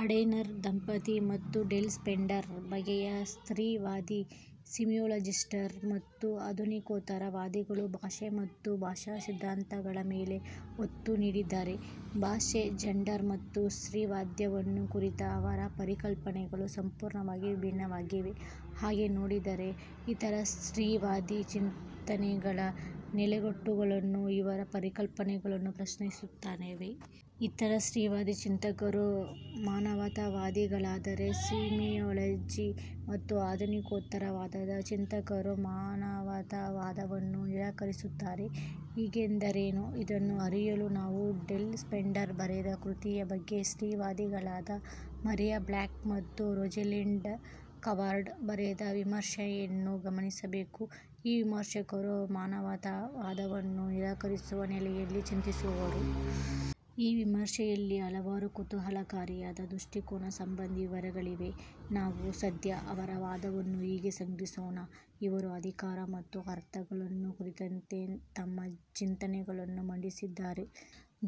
Ardener ದಂಪತಿ ಮತ್ತು Dale Splendor ಬಗೆಯ ಸ್ತ್ರೀವಾದಿ ಸೀಮಿಯಾಲಜಿಸ್ಟರು ಮತ್ತು ಆಧುನಿಕೋತ್ತರ ವಾದಿಗಳು ಭಾಷೆ ಮತ್ತು ಭಾಷಾಸಿದ್ಧಾಂತಗಳ ಮೇಲೆ ಒತ್ತು ನೀಡಿದ್ದಾರೆ. ಭಾಷೆ, ಜಂಡರ್ ಮತ್ತು ಸ್ತ್ರೀವಾದವನ್ನು ಕುರಿತ ಅವರ ಪರಿಕಲ್ಪನೆಗಳು ಸಂಪೂರ್ಣವಾಗಿ ವಿಭಿನ್ನವಾಗಿವೆ. ಹಾಗೆ ನೋಡಿದರೆ, ಇತರ ಸ್ತ್ರೀವಾದಿ ಚಿಂತನೆಗಳ ನೆಲೆಗಟ್ಟುಗಳನ್ನು ಇವರ ಪರಿಕಲ್ಪನೆಗಳು ಪ್ರಶ್ನಿಸುತ್ತವೆ. ಇತರ ಸ್ತ್ರೀವಾದಿ ಚಿಂತಕರು ''ಮಾನವತಾವಾದಿ''ಗಳಾದರೆ, ಸೀಮಿಯಾಲಜಿ ಮತ್ತು ಆಧುನಿಕೋತ್ತರ ವಾದದ ಚಿಂತಕರು ಮಾನವತಾ ವಾದವನ್ನು ನಿರಾಕರಿಸುತ್ತಾರೆ. ಹೀಗೆಂದರೇನು? ಇದನ್ನು ಅರಿಯಲು ನಾವು ಡೇಲ್ ಸ್ಪೆಂಡರ್ ಬರೆದ ಕೃತಿಯ ಬಗ್ಗೆ ಸ್ತ್ರೀ ವಾದಿಗಳಾದ ಮರಿಯಾ ಬ್ಲಾಕ್ ಮತ್ತು ರೋಜಲಿಂಡ್ ಕವಾರ್ಡ್ ಬರೆದ ವಿಮರ್ಶೆಯನ್ನು ಗಮನಿಸಬೇಕು. ಈ ವಿಮರ್ಶಕರು ಮಾನವತಾ ವಾದವನ್ನು ನಿರಾಕರಿಸುವ ನೆಲೆಯಲ್ಲಿ ಚಿಂತಿಸುವವರು. ಈ ವಿಮರ್ಶೆಯಲ್ಲಿ ಹಲವಾರು ಕುತೂಹಲಕಾರಿಯಾದ ದೃಷ್ಟಿಕೋನ ಸಂಬಂಧಿ ವಿವರಗಳಿವೆ. ನಾವು ಸದ್ಯ ಅವರ ವಾದವನ್ನು ಹೀಗೆ ಸಂಗ್ರಹಿಸೋಣ. ಇವರು ''ಅಧಿಕಾರ'' ಮತ್ತು ''ಅರ್ಥ''ಗಳನ್ನು ಕುರಿತಂತೆ ತಮ್ಮ ಚಿಂತನೆಗಳನ್ನು ಮಂಡಿಸಿದ್ದಾರೆ.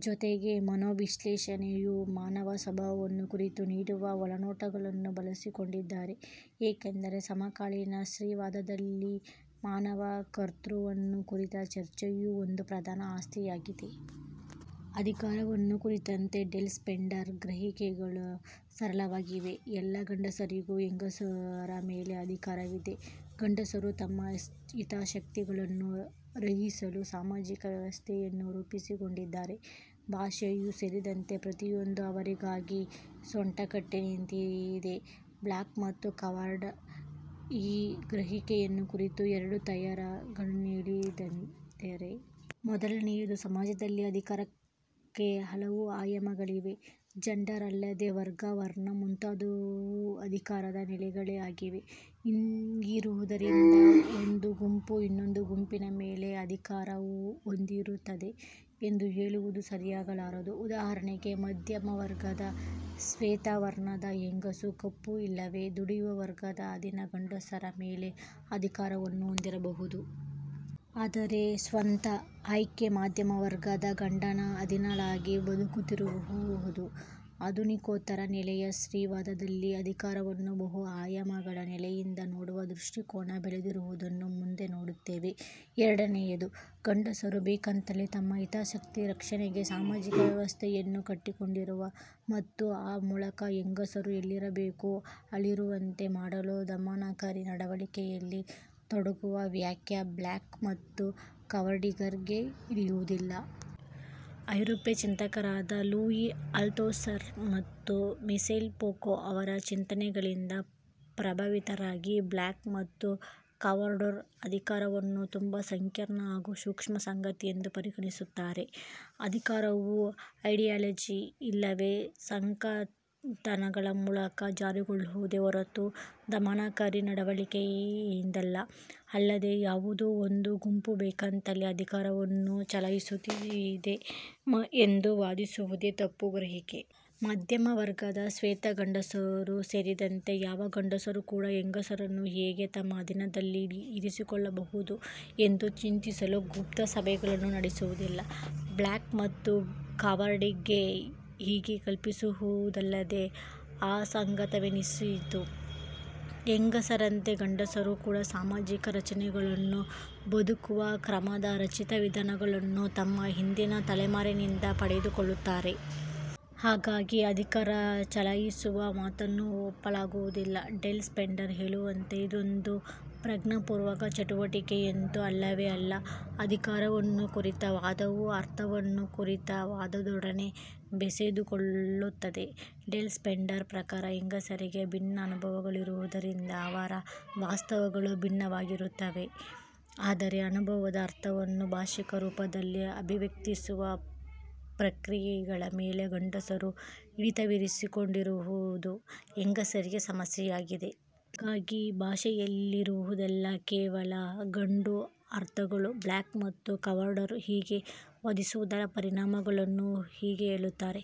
ಜೊತೆಗೆ ಮನೋವಿಶ್ಲೇಷಣೆಯು ಮಾನವ ಸ್ವಭಾವವನ್ನು ಕುರಿತು ನೀಡುವ ಒಳನೋಟಗಳನ್ನು ಬಳಸಿಕೊಂಡಿದ್ದಾರೆ. ಏಕೆಂದರೆ, ಸಮಕಾಲೀನ ಸ್ತ್ರೀವಾದದಲ್ಲಿ ಮಾನವ ''ಕರ್ತೃ''ವನ್ನು ಕುರಿತ ಚರ್ಚೆಯು ಒಂದು ಪ್ರಧಾನ ಆಸಕ್ತಿಯಾಗಿದೆ. ಅಧಿಕಾರವನ್ನು ಕುರಿತಂತೆ ಡೇಲ್ ಸ್ಪೆಂಡರ್ ಗ್ರಹಿಕೆಗಳು ಸರಳವಾಗಿವೆ. ಎಲ್ಲ ಗಂಡಸರಿಗೂ ಹೆಂಗಸರ ಮೇಲೆ ಅಧಿಕಾರವಿದೆ. ಗಂಡಸರು ತಮ್ಮ ಹಿತಾಸಕ್ತಿಗಳನ್ನು ರಕ್ಷಿಸಲು ಸಾಮಾಜಿಕ ವ್ಯವಸ್ಥೆಯನ್ನು ರೂಪಿಸಿಕೊಂಡಿದ್ದಾರೆ. ಭಾಷೆಯೂ ಸೇರಿದಂತೆ ಪ್ರತಿಯೊಂದೂ ಅವರಿಗಾಗಿಯೇ ಸೊಂಟ ಕಟ್ಟಿ ನಿಂತಿದೆ. ಬ್ಲಾಕ್ ಮತ್ತು ಕವಾರ್ಡ್ ಈ ಗ್ರಹಿಕೆಯನ್ನು ಕುರಿತು ಎರಡು ತಕರಾರುಗಳನ್ನೆತ್ತಿದ್ದಾರೆ. ಮೊದಲನೆಯದು, ಸಮಾಜದಲ್ಲಿ ಅಧಿಕಾರಕ್ಕೆ ಹಲವು ಆಯಾಮಗಳಿವೆ. ಜಂಡರ್ ಅಲ್ಲದೆ ವರ್ಗ, ವರ್ಣ ಮುಂತಾದವೂ ಅಧಿಕಾರದ ನೆಲೆಗಳೇ ಆಗಿವೆ. ಹೀಗಿರುವುದರಿಂದ, ಒಂದು ಗುಂಪು ಇನ್ನೊಂದು ಗುಂಪಿನ ಮೇಲೆ ಅಧಿಕಾರ ಹೊಂದಿರುತ್ತದೆ. ಎಂದು ಹೇಳುವುದು ಸರಿಯಾಗಲಾರದು. ಉದಾಹರಣೆಗೆ, ಮಧ್ಯಮ ವರ್ಗದ ಶ್ವೇತವರ್ಣದ ಹೆಂಗಸು ಕಪ್ಪು ಇಲ್ಲವೇ ದುಡಿಯುವ ವರ್ಗದ ಅಧೀನ ಗಂಡಸರ ಮೇಲೆ ಅಧಿಕಾರವನ್ನು ಹೊಂದಿರಬಹುದು. ಆದರೆ ಸ್ವತಃ ಆಕೆ ಮಧ್ಯಮ ವರ್ಗದ ಗಂಡನ ಅಧೀನಳಾಗಿ ಬದುಕುತ್ತಿರಬಹುದು. ಆಧುನಿಕೋತ್ತರ ನೆಲೆಯ ಸ್ತ್ರೀವಾದದಲ್ಲಿ ಅಧಿಕಾರವನ್ನು ಬಹು ಆಯಾಮಗಳ ನೆಲೆಯಿಂದ ನೋಡುವ ದೃಷ್ಟಿಕೋನ ಬೆಳೆದಿರುವುದನ್ನು ಮುಂದೆ ನೋಡುತ್ತೇವೆ. ಎರಡನೆಯದು, ಗಂಡಸರು ಬೇಕೆಂತಲೇ ತಮ್ಮ ಹಿತಾಸಕ್ತಿ ರಕ್ಷಣೆಗೆ ಸಾಮಾಜಿಕ ವ್ಯವಸ್ಥೆಯನ್ನು ಕಟ್ಟಿಕೊಂಡಿರುವ ಮತ್ತು ಆ ಮೂಲಕ ಹೆಂಗಸರು ಎಲ್ಲಿರಬೇಕೋ ಅಲ್ಲಿರುವಂತೆ ಮಾಡಲು ದಮನಕಾರಿ ನಡವಳಿಕೆಯಲ್ಲಿ ತೊಡಗುವ ವ್ಯಾಖ್ಯೆ ಬ್ಲಾಕ್ ಮತ್ತು ಕವಾರ್ಡ್ರಿಗೆ ಹಿಡಿಸುವುದಿಲ್ಲ. ಐರೋಪ್ಯ ಚಿಂತಕರಾದ ಲೂಯಿ ಆಲ್ತುಸರ್ ಮತ್ತು ಮಿಶೆಲ್ ಪೂಕೋ ಅವರ ಚಿಂತನೆಗಳಿಂದ ಪ್ರಭಾವಿತರಾಗಿ ಬ್ಲಾಕ್ ಮತ್ತು ಕವಾರ್ಡ್ರು ಅಧಿಕಾರವನ್ನು ತುಂಬಾ ಸಂಕೀರ್ಣ ಹಾಗೂ ಸೂಕ್ಷ್ಮ ಸಂಗತಿ ಎಂದು ಪರಿಗಣಿಸುತ್ತಾರೆ. ಅಧಿಕಾರವು ಐಡಿಯಾಲಜಿ ಇಲ್ಲವೇ ಸಂಕಥನಗಳ ಮೂಲಕ ಜಾರಿಗೊಳ್ಳುವುದೇ ಹೊರತು ದಮನಕಾರಿ ನಡವಳಿಕೆಯಿಂದಲ್ಲ. ಅಲ್ಲದೆ, ಯಾವುದೋ ಒಂದು ಗುಂಪು ಬೇಕೆಂತಲೇ ಅಧಿಕಾರವನ್ನು ಚಲಾಯಿಸುತ್ತಿದೆ ಎಂದು ವಾದಿಸುವುದೇ ತಪ್ಪು ಗ್ರಹಿಕೆ. ಮಧ್ಯಮ ವರ್ಗದ ಶ್ವೇತ ಗಂಡಸರೂ ಸೇರಿದಂತೆ, ಯಾವ ಗಂಡಸರೂ ಕೂಡಾ ಹೆಂಗಸರನ್ನು ಹೇಗೆ ತಮ್ಮ ಅಧೀನದಲ್ಲಿ ಇರಿಸಿಕೊಳ್ಳಬಹುದು ಎಂದು ಚಿಂತಿಸಲು ಗುಪ್ತ ಸಭೆಗಳನ್ನು ನಡೆಸುವುದಿಲ್ಲ. ಬ್ಲಾಕ್ ಮತ್ತು ಕವಾರ್ಡ್ರಿಗೆ ಹೀಗೆ ಕಲ್ಪಿಸಿಕೊಳ್ಳುವುದೇ ಅಸಂಗತವೆನಿಸಿತು. ಹೆಂಗಸರಂತೆ ಗಂಡಸರೂ ಕೂಡಾ ಸಾಮಾಜಿಕ ರಚನೆಗಳನ್ನೂ, ಬದುಕುವ ಕ್ರಮದ ರಚಿತ ವಿಧಾನಗಳನ್ನೂ, ತಮ್ಮ ಹಿಂದಿನ ತಲೆಮಾರಿನಿಂದ ಪಡೆದುಕೊಳ್ಳುತ್ತಾರೆ. ಹಾಗಾಗಿ, ಅಧಿಕಾರ ಚಲಾಯಿಸುವ ಮಾತನ್ನು ಒಪ್ಪಲಾಗುವುದಿಲ್ಲ. ಡೇಲ್ ಸ್ಪೆಂಡರ್ ಹೇಳುವಂತೆ ಇದೊಂದು ಪ್ರಜ್ಞಾಪೂರ್ವಕ ಚಟುವಟಿಕೆಯಂತೂ ಅಲ್ಲವೇ ಅಲ್ಲ. ಅಧಿಕಾರವನ್ನು ಕುರಿತ ವಾದವು ಅರ್ಥವನ್ನು ಕುರಿತ ವಾದದೊಡನೆ ಬೆಸೆದುಕೊಳ್ಳುತ್ತದೆ. ಡೇಲ್ ಸ್ಪೆಂಡರ್ ಪ್ರಕಾರ ಹೆಂಗಸರಿಗೆ ಭಿನ್ನ ಅನುಭವಗಳಿರುವುದರಿಂದ ಅವರ ವಾಸ್ತವಗಳೂ ಭಿನ್ನವಾಗಿರುತ್ತವೆ. ಆದರೆ, ಅನುಭವದ ಅರ್ಥವನ್ನು ಭಾಷಿಕರೂಪದಲ್ಲಿ ಅಭಿವ್ಯಕ್ತಿಸುವ ಪ್ರಕ್ರಿಯೆಗಳ ಮೇಲೆ ಗಂಡಸರು ಹಿಡಿತವಿರಿಸಿಕೊಂಡಿರುವುದು ಹೆಂಗಸರಿಗೆ ಸಮಸ್ಯೆಯಾಗಿದೆ. ಹಾಗಾಗಿ, ಭಾಷೆಯಲ್ಲಿ ರುವುದೆಲ್ಲಾ ಕೇವಲ ಗಂಡು ಅರ್ಥಗಳು. ಬ್ಲಾಕ್ ಮತ್ತು ಕವಾರ್ಡ್ರು ಹೀಗೆ ವಾದಿಸುವುದರ ಪರಿಣಾಮಗಳನ್ನು ಹೀಗೆ ಹೇಳುತ್ತಾರೆ.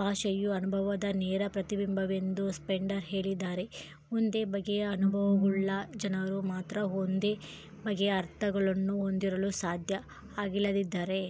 ಭಾಷೆಯು ಅನುಭವದ ನೇರ ಪ್ರತಿಬಿಂಬವೆಂದು ಸ್ಪೆಂಡರ್ ತಿಳಿದಿದ್ದಾಳೆ. ಒಂದೇ ಬಗೆಯ ಅನುಭವಗಳುಳ್ಳ ಜನರು ಮಾತ್ರ ಒಂದೇ ಬಗೆಯ ಅರ್ಥಗಳನ್ನು ಹೊಂದಿರಲು ಸಾಧ್ಯ. ಹಾಗಿಲ್ಲದಿದ್ದರೆ,